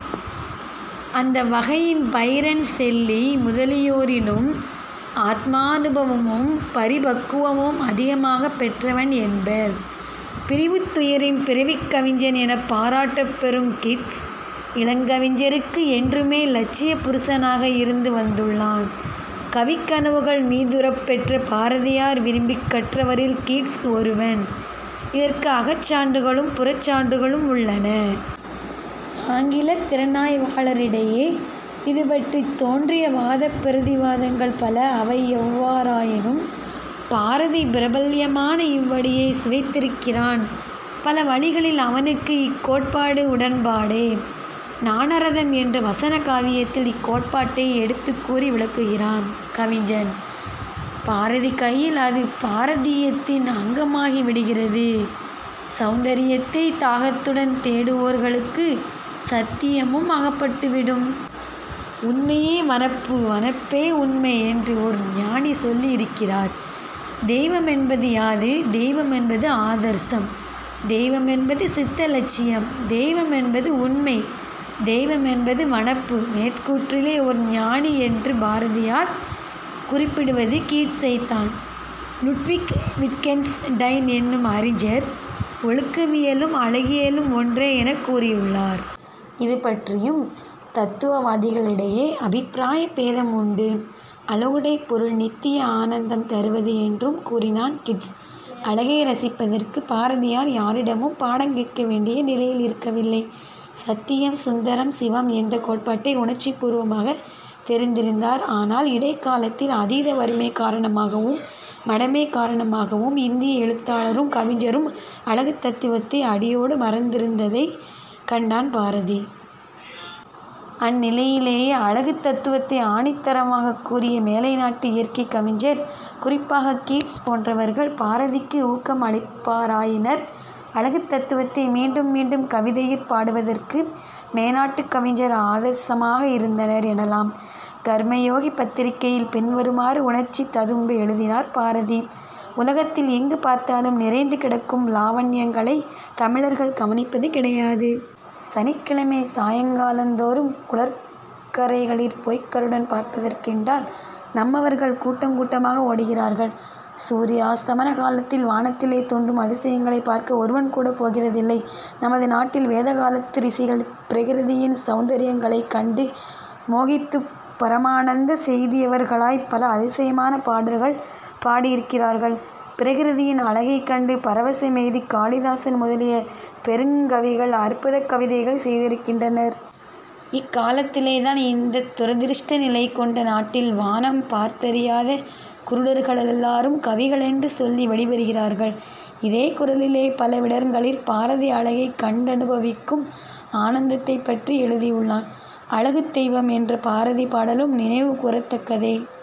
அந்த வகையின் Byrne Shelley முதலியோரினும் ஆத்மானுபவமும் பரிபக்குவமும் அதிகமாகப் பெற்றவன் என்பர். 'பிரிவுத்துயரின் பிறவிக் கவிஞன்' எனப் பாராட்டப்பெறும் கிட்ஸ், இளங்கவிஞருக்கு என்றுமே இலட்சிய புருஷனாக இருந்து வந்துள்ளான். கவிக் கனவுகள் மீதூரப் பெற்ற பாரதியார் விரும்பிக் கற்றவரில் கீட்ஸ் ஒருவன். இதற்கு அகச்சான்றுகளும் புறச்சான்றுகளும் உள்ளன. ஆங்கிலத் திறனாய்வாளரிடையே இதுபற்றித் தோன்றிய வாதப் பிரதிவாதங்கள் பல. அவையெவ்வாறாயினும் பாரதி, பிரபல்யமான இவ்வடியைச் சுவைத்திருக்கிறான். பல வழிகளில் அவனுக்கு இக்கோட்பாடு உடன்பாடே. ஞானரதம் என்ற வசன காவியத்தில் இக்கோட்பாட்டை எடுத்துக்கூறி விளக்குகிறான் கவிஞன்; பாரதி கையில் அது பாரதீயத்தின் அங்கமாகிவிடுகிறது. "ஸௌந்தரியத்தைத் தாகத்துடன் தேடுவோர்களுக்கு ஸத்தியமும் அகப்பட்டுவிடும். 'உண்மையே வனப்பு, வனப்பே உண்மை' என்று ஓர் ஞானி சொல்லியிருக்கிறார்... தெய்வமென்பது யாது? தெய்வமென்பது ஆதர்சம்; தெய்வமென்பது சித்த லட்சியம். தெய்வமென்பது உண்மை. தெய்வமென்பது வனப்பு. மேற்கூற்றிலே 'ஓர் ஞானி' என்று பாரதியார் குறிப்பிடுவது கீட்ஸைத்தான். லுட்விக் விட்கென்ஸ் டைன் என்னும் அறிஞர் "ஒழுக்கவியலும் அழகியலும் ஒன்றே" எனக் கூறியுள்ளார். இதுபற்றியும் தத்துவவாதிகளிடையே அபிப்பிராய பேதமுண்டு. "அழகுடைப் பொருள் நித்திய ஆனந்தம் தருவது" என்றும் கூறினான் கீட்ஸ். அழகை ரசிப்பதற்குப் பாரதியார் யாரிடமும் பாடங்கேட்க வேண்டிய நிலையில் இருக்க வில்லை. சத்தியம், சுந்தரம், சிவம் என்ற கோட்பாட்டை உணர்ச்சிப் பூர்வமாகத் தெரிந்திருந்தார். ஆனால் இடைக்காலத்தில் அதீத வறுமை காரணமாகவும், மடமை காரணமாகவும் இந்திய எழுத்தாளரும் கவிஞரும் அழகுத் தத்துவத்தை அடியோடு மறந்திருந்ததைக் கண்டான் பாரதி. அந்நிலையிலேயே, அழகுத் தத்துவத்தை ஆணித்தரமாகக் கூறிய மேலை நாட்டு இயற்கைக் கவிஞர்-குறிப்பாகக் கீட்ஸ் போன்றவர்கள்- பாரதிக்கு ஊக்கம் அளிப்பாராயினர். அழகுத் தத்துவத்தை மீண்டும் மீண்டும் கவிதையிற் பாடுவதற்கு மேனாட்டுக் கவிஞர் ஆதர்சமாக இருந்தனர் எனலாம். "கர்மயோகி" பத்திரிகையிலே பின்வருமாறு உணர்ச்சி ததும்ப எழுதினார் பாரதி: "உலகத்தில் எங்கு பார்த்தாலும் நிறைந்து கிடக்கும் லாவண்யங்களைத் தமிழர்கள் கவனிப்பது கிடையாது. சனிக்கிழமை சாயங்காலந்தோறும் குளக்கரைகளிற் போய்க்கருடன் பார்ப்பதற்கென்றால் நம்மவர்கள் கூட்டங்கூட்டமாக ஓடுகிறார்கள். சூரியாஸ்தமன காலத்தில் வானத்திலே தோன்றும் அதிசயங்களைப் பார்க்க ஒருவன்கூடப் போகிறதில்லை. நமது நாட்டில் வேதகாலத்து ரிஷிகள் பிரகிருதியின் சௌந்தர்யங்களைக் கண்டு மோகித்துப் பரமானந்த மெய்தியவர்களாய்ப் பல அதிசயமான பாடல்கள் பாடியிருக்கிறார்கள். பிரகிருதியின் அழகைக் கண்டு பரவசமெய்திக் காளிதாசன் முதலிய பெருங்கவிகள் அற்புதக் கவிதைகள் செய்திருக்கின்றனர். இக்காலத்திலேதான் இந்த துரதிருஷ்ட நிலை கொண்ட நாட்டில் வானம் பார்த்தறியாத குருடர் களெல்லாரும் கவிகளென்று சொல்லி வௌிவருகிறார்கள். " இதே குரலிலே பலவிடங்களிற் பாரதி அழகைக் கண்டனுபவிக்கும் ஆனந்தத்தைப்பற்றி எழுதியுள்ளான். "அழகுத் தெய்வம்" என்ற பாரதி பாடலும் நினைவு கூரத்தக்கதே.